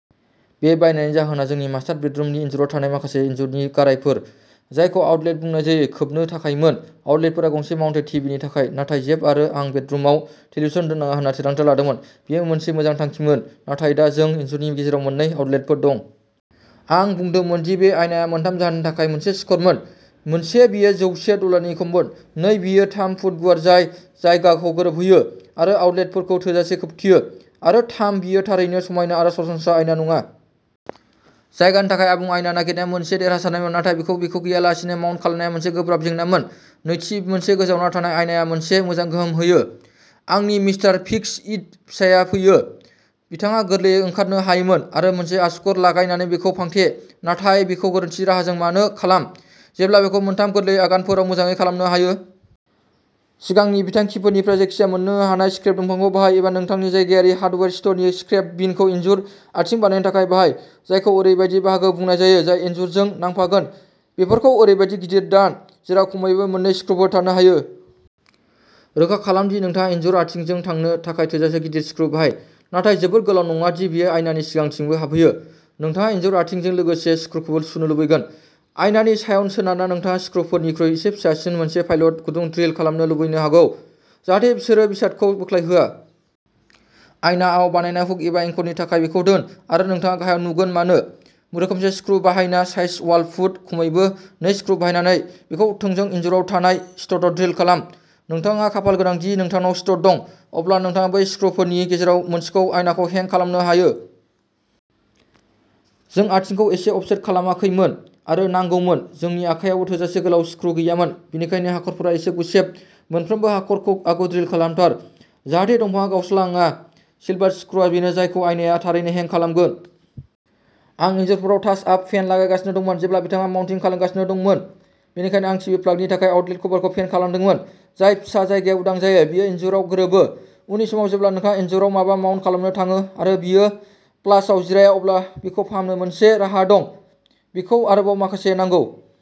बे बायनायनि जाहोना जोंनि मास्टार बेडरुमनि इनजुराव थानाय माखासे इनजुरनि गारायफोर, जायखौ आउटलेट बुंनाय जायो, खोबनो थाखायमोन। आउटलेटफोरा गंसे माउन्टेड टिभिनि थाखाय, नाथाय जेफ आरो आं बेडरुमाव टेलिभिजन दोन्नाङा होनना थिरांथा लादोंमोन। बेयो मोनसे मोजां थांखिमोन, नाथाय दा जों इनजुरनि गेजेराव मोननै आउटलेटफोर दंमोन। आं बुंदोंमोन दि बे आयनाआ मोनथाम जाहोननि थाखाय मोनसे स्करमोन। मोनसे, बेयो जौसे डलारनि खममोन। नै, बेयो थाम फुट गुवार, जाय जायगाखौ गोरोबहोयो आरो आउटलेटफोरखौ थोजासे खोबथेयो। आरो थाम, बेयो थारैनो समायना आरो सरासनस्रा आयना नङा। जायगानि थाखाय आबुं आयना नागिरनाया मोनसे देरहासारनायमोन, नाथाय बेखौ बेखौ गैयालासेनो माउन्ट खालामनाया मोनसे गोब्राब जेंनामोन। नैथि, मोनसे गोजावना थानाय आयनाआ मोनसे मोजां गोहोम होयो। आंनि मिस्टार फिक्स इट फिसायआ फैयो। बिथाङा गोरलैयै ओंखारनो हायोमोन आरो मोनसे आसुगुर लागायनानै बेखौ फांथे, नाथाय बेखौ गोरोन्थि राहाजों मानो खालाम, जेब्ला बेखौ मोनथाम गोरलै आगानफोराव मोजाङै खालामनो हायो। सिगांनि बिथांखिफोरनिफ्राय जायखिजाया मोन्नो हानाय स्क्रेप दंफांखौ बाहाय, एबा नोंथांनि जायगायारि हार्डवेर स्टरनि स्क्रेप बिनखौ इनजुर आथिं बानायनो थाखाय बाहाय, जायखौ ओरैबायदि बाहागो बुंनाय जायो जाय इनजुरजों नांफागोन। बेफोरखौ ओरैबायदि गिदिर दान, जेराव खमैबो मोन नै स्क्रुफोर थानो हायो। रोखा खालाम दि नोंथाङा इनजुर आथिंजों थांनो थाखाय थोजासे गिदिर स्क्रु बाहाय, नाथाय जोबोद गोलाव नङा दि बेयो आयनानि सिगांथिंबो हाबहैयो। नोंथाङा इनजुर आथिंजों लोगोसे स्क्रुखौबो सुनो लुबैगोन। आयनानि सायाव सोनारना, नोंथाङा स्क्रुफोरनिख्रुइ एसे फिसा मोनसे पाइलट गुदुं ड्रिल खालामनो लुबैनो हागौ, जाहाथे बिसोरो बेसादखौ बोख्लायहोआ। आयनाआव बानायनाय हुक एबा एंकरनि थाखाय, बेखौ दोन, आरो नोंथाङा गाहायाव नुगोन मानो। रोखोमसे स्क्रु बाहायना साइज वाल फुट, खमैबो नै स्क्रु बाहायनानै, बेखौ थोंजों इनजुराव थानाय स्टडआव ड्रिल खालाम। नोंथाङा खाफालगोनां दि नोंथांनाव स्टड दं, अब्ला नोंथाङा बै स्क्रुफोरनि गेजेराव मोनसेखौ आयनाखौ हेंग खालामनो हायो। जों आथिंखौ एसे अफसेट खालामाखैमोन आरो नांगौमोन। जोंनि आखायावबो थोजासे गोलाव स्क्रु गैयामोन, बेनिखायनो हाखरफोरा एसे गुसेब। मोनफ्रोमबो हाखरखौ आगु ड्रिल खालामथार, जाहाथे दंफांआ गावस्रालाङा। सिलभार स्क्रुआ बेनो जायखौ आयनाआ थारैनो हेंग खालामगोन। आं इनजुरफोराव टाच आप पेन्ट लागायगासिनो दंमोन जेब्ला बिथाङा माउन्टिं खालामगासिनो दंमोन, बेनिखायनो आं टिभि प्लागनि थाखाय आउटलेट कभारखौ पेन्ट खालामदोंमोन। जाय फिसा जायगाया उदां जायो, बेयो इनजुराव गोरोबो। उननि समाव जेब्ला नोंथाङा इनजुराव माबा माउन्ट खालामनो थाङो आरो बेयो फ्लासआव जिराया, अब्ला बेखौ फाहामनो मोनसे राहा दं। बेखौ आरोबाव माखासे नांगौ।